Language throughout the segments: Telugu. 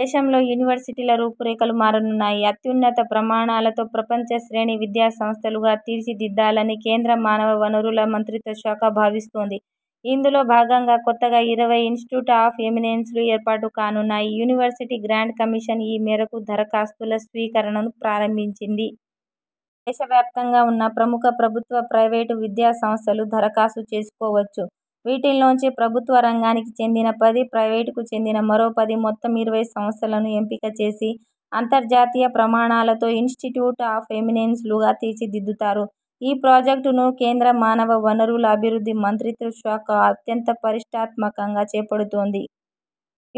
దేశంలో యూనివర్సిటీల రూపురేఖలు మారనున్నాయి. అత్యున్నత ప్రమాణాలతో ప్రపంచ శ్రేణి విద్యాసంస్థలుగా తీర్చి దిద్దాలని కేంద్ర మానవ వనరుల మంత్రిత్వ శాఖ భావిస్తోంది. ఇందులో భాగంగా కొత్తగా ఇరవై 'ఇన్స్టిట్యూట్ ఆఫ్ ఎమినెన్స్'లు ఏర్పాటు కానున్నాయి. యూనివర్శిటీ గ్రాంట్స్ కమిషన్ ఈ మేరకు దరఖాస్తుల స్వీకరణను ప్రారంభించింది. దేశవ్యాప్తంగా ఉన్న ప్రముఖ ప్రభుత్వ, ప్రైవేటు విద్యా సంస్థలు దరఖాస్తు చేసుకోవచ్చు. వీటిల్లోంచి ప్రభుత్వ రంగానికి చెందిన పది, ప్రైవేటుకు చెందిన మరో పది మొత్తం ఇరవై సంస్థలను ఎంపిక చేసి అంతర్జాతీయ ప్రమాణాలతో 'ఇన్స్టిట్యూట్ ఆఫ్ ఎమినెన్స్'లుగా తీర్చిదిద్దుతారు. ఈ ప్రాజెక్టును కేంద్ర మానవ వనరుల అభివృద్ధి మంత్రిత్వ శాఖ అత్యంత ప్రతిష్ఠాత్మకంగా చేపడుతోంది.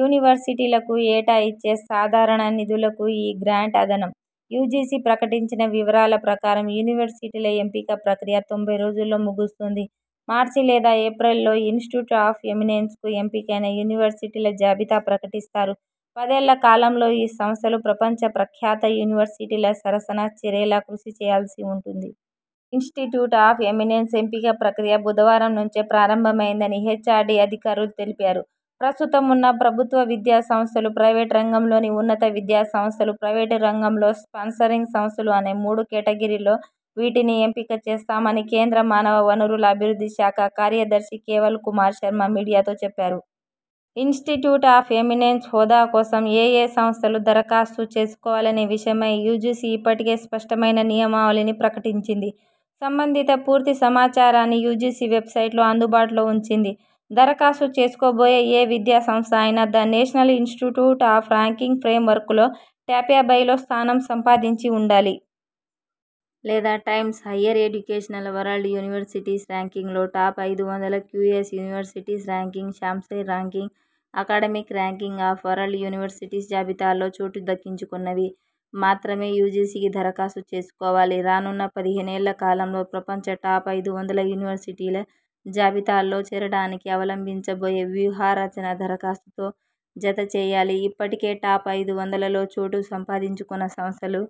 యూనివర్సిటీలకు ఏటా ఇచ్చే సాధారణ నిధులకు ఈ గ్రాంట్ అదనం. యూజీసీ ప్రకటించిన వివరాల ప్రకారం యూనివర్సిటీల ఎంపిక ప్రక్రియ తొంభై రోజుల్లో ముగుస్తుంది. మార్చి లేదా ఏప్రిల్లో 'ఇన్స్టిట్యూట్ ఆఫ్ ఎమినెన్స్'కు ఎంపికైన యూనివర్సిటీల జాబితా ప్రకటిస్తారు. పదేళ్ల కాలంలో ఈ సంస్థలు ప్రపంచ ప్రఖ్యాత యూనివర్సిటీల సరసన చేరేలా కృషి చేయాల్సి ఉంటుంది. 'ఇన్స్టిట్యూట్స్ ఆఫ్ ఎమినెన్స్' ఎంపిక ప్రక్రియ బుధవారం నుంచే ప్రారంభమైందని హెచ్ఆర్డీ అధికారులు తెలిపారు. ప్రస్తుతమున్న ప్రభుత్వ విద్యా సంస్థలు, ప్రైవేట్ రంగంలోని ఉన్నత విద్యా సంస్థలు, ప్రైవేటు రంగంలో స్పాన్సరింగ్ సంస్థలు అనే మూడు కేటగిరీల్లో వీటిని ఎంపిక చేస్తామని కేంద్ర మానవ వనరుల అభివృద్ధి శాఖ కార్యదర్శి కేవల్ కుమార్ శర్మ మీడియాతో చెప్పారు. 'ఇన్స్టిట్యూట్ ఆఫ్ ఎమినెన్స్' హోదా కోసం ఏయే సంస్థలు దరఖాస్తు చేసుకోవాలనే విషయమై యూజీసీ ఇప్పటికే స్పష్టమైన నియమావళిని ప్రకటించింది. సంబంధిత పూర్తి సమాచారాన్ని యూజీసీ వెబ్సైట్లో అందుబాటులో ఉంచింది. దరఖాస్తు చేసుకోబోయే ఏ విద్యా సంస్థ అయినా the national institute of ranking frame వర్క్లో టాప్యాభైలో స్థానం సంపాదించి ఉండాలి. లేదా times higher education world universities ర్యాంకింగ్లో టాప్ ఐదు వందల, QS university rankings, Shanghai ranking academic ranking of world universities జాబితాలో చోటు దక్కించుకొన్నవి మాత్రమే యూజీసీకి దరఖాస్తు చేసుకోవాలి రానున్న పదిహేనేళ్ల కాలంలో ప్రపంచ టాప్ ఐదు వందల యూనివర్సిటీల జాబితాలో చేరడానికి అవలంబించబోయే వ్యూహ రచన దరఖాస్తుతో జత చేయాలి ఇప్పటికే టాప్ ఐదు వందలలో చోటు సంపాదించుకొన్న సంస్థలు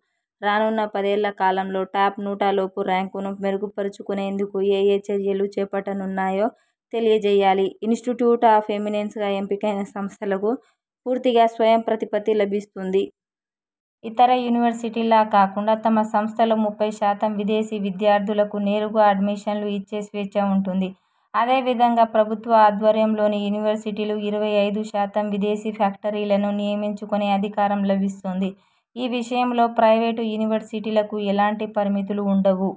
రానున్న పదేళ్ల కాలంలో టాప్ నూటలోపు ర్యాంకును మెరుగుపరచుకొనేందుకు ఏయే చర్యలు చేపట్టనున్నాయో తెలియజేయాలి 'ఇన్స్టిట్యూట్ ఆఫ్ ఎమినెన్స్'గా ఎంపికైన సంస్థలకు పూర్తిగా స్వయం ప్రతిపత్తి లభిస్తుంది. ఇతర యూనివర్సిటీల్లా కాకుండా తమ సంస్థలో ముప్పై శాతం విదేశీ విద్యార్థులకు నేరుగా అడ్మిషన్లు ఇచ్చే స్వేచ్ఛ ఉంటుంది అదేవిధంగా ప్రభుత్వ ఆధ్వర్యంలోని యూనివర్సిటీలు ఇరవై ఐదు శాతం విదేశీ ఫ్యాక్టరీలను నియమించుకొనే అధికారం లభిస్తుంది. ఈ విషయంలో ప్రైవేటు యూనివర్సిటీలకు ఎలాంటి పరిమితులు ఉండవు.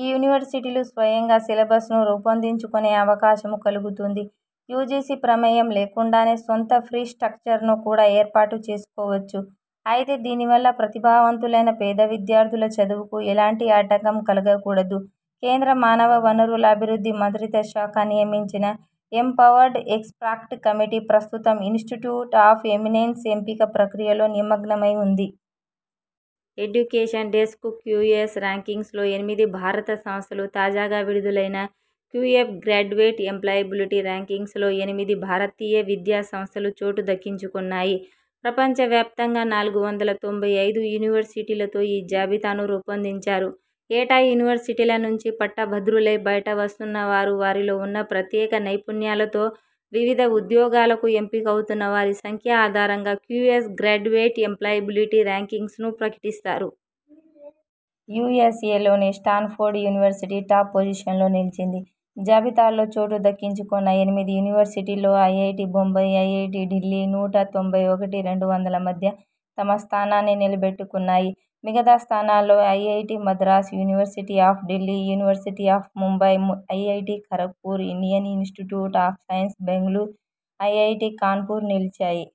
ఈ యూనివర్సిటీలు స్వయంగా సిలబ్సను రూపొందించుకొనే అవకాశమూ కలుగుతుంది. యూజీసీ ప్రమేయం లేకుండానే సొంత ఫీ స్ట్రక్చర్ను కూడా ఏర్పాటు చేసుకోవచ్చు. అయితే దీనివల్ల ప్రతిభావంతులైన పేద విద్యార్థుల చదువుకు ఎలాంటి ఆటంకం కలగకూడదు. కేంద్ర మానవ వనరుల అభివృద్ధి మంత్రిత్వ శాఖ నియమించిన ఎంపవర్డ్ ఎక్స్పర్ట్ కమిటీ ప్రస్తుతం 'ఇన్స్టిట్యూట్ ఆఫ్ ఎమినెన్స్' ఎంపిక ప్రక్రియలో నిమగ్నమై ఉంది. ఎడ్యుకేషన్ డెస్క్ క్యూఎస్ ర్యాంక్సింగ్స్లో ఎనిమిది భారత సంస్థలు తాజాగా విడుదలైన క్యూఎప్ గ్రాడ్యుయేట్ ఎంప్లాయిబిలిటీ ర్యాంకింగ్స్లో ఎనిమిది భారతీయ విద్యా సంస్థలు చోటు దక్కించుకొన్నాయి. ప్రపంచ వ్యాప్తంగా నాలుగు వందల తొంభై ఐదు యూనివర్సిటీలతో ఈ జాబితాను రూపొందించారు. ఏటా యూనివర్సిటీల నుంచి పట్ట భద్రులై బయట వస్తున్న వారు, వారిలో ఉన్న ప్రత్యేక నైపుణ్యాలతో వివిధ ఉద్యోగాలకు ఎంపికవుతున్న వారి సంఖ్య ఆధారంగా క్యూఎస్ గ్రాడ్యుయేట్ ఎంప్లాయిబిలిటీ ర్యాంక్సింగ్స్ను ప్రకటిస్తారు. యూఎ్సఏలోని స్టాన్ఫోర్డ్ యూనివర్సిటీ టాప్ పొజిషన్లో నిలిచింది. జాబితాలో చోటు దక్కించుకొన్న ఎనిమిది యూనివర్సిటీల్లో ఐఐటీ బొంబాయి, ఐఐటీ ఢిల్లీ నూట తొంభై ఒకటి రెండు వందల మధ్య తమ స్థానాన్ని నిలబెట్టుకున్నాయి. మిగతా స్థానాల్లో IIT Madras, university of Delhi, university of Mumbai, IIT Kharagpur, Indian institute of science Bengaluru, IIT Kanpur నిలిచాయి.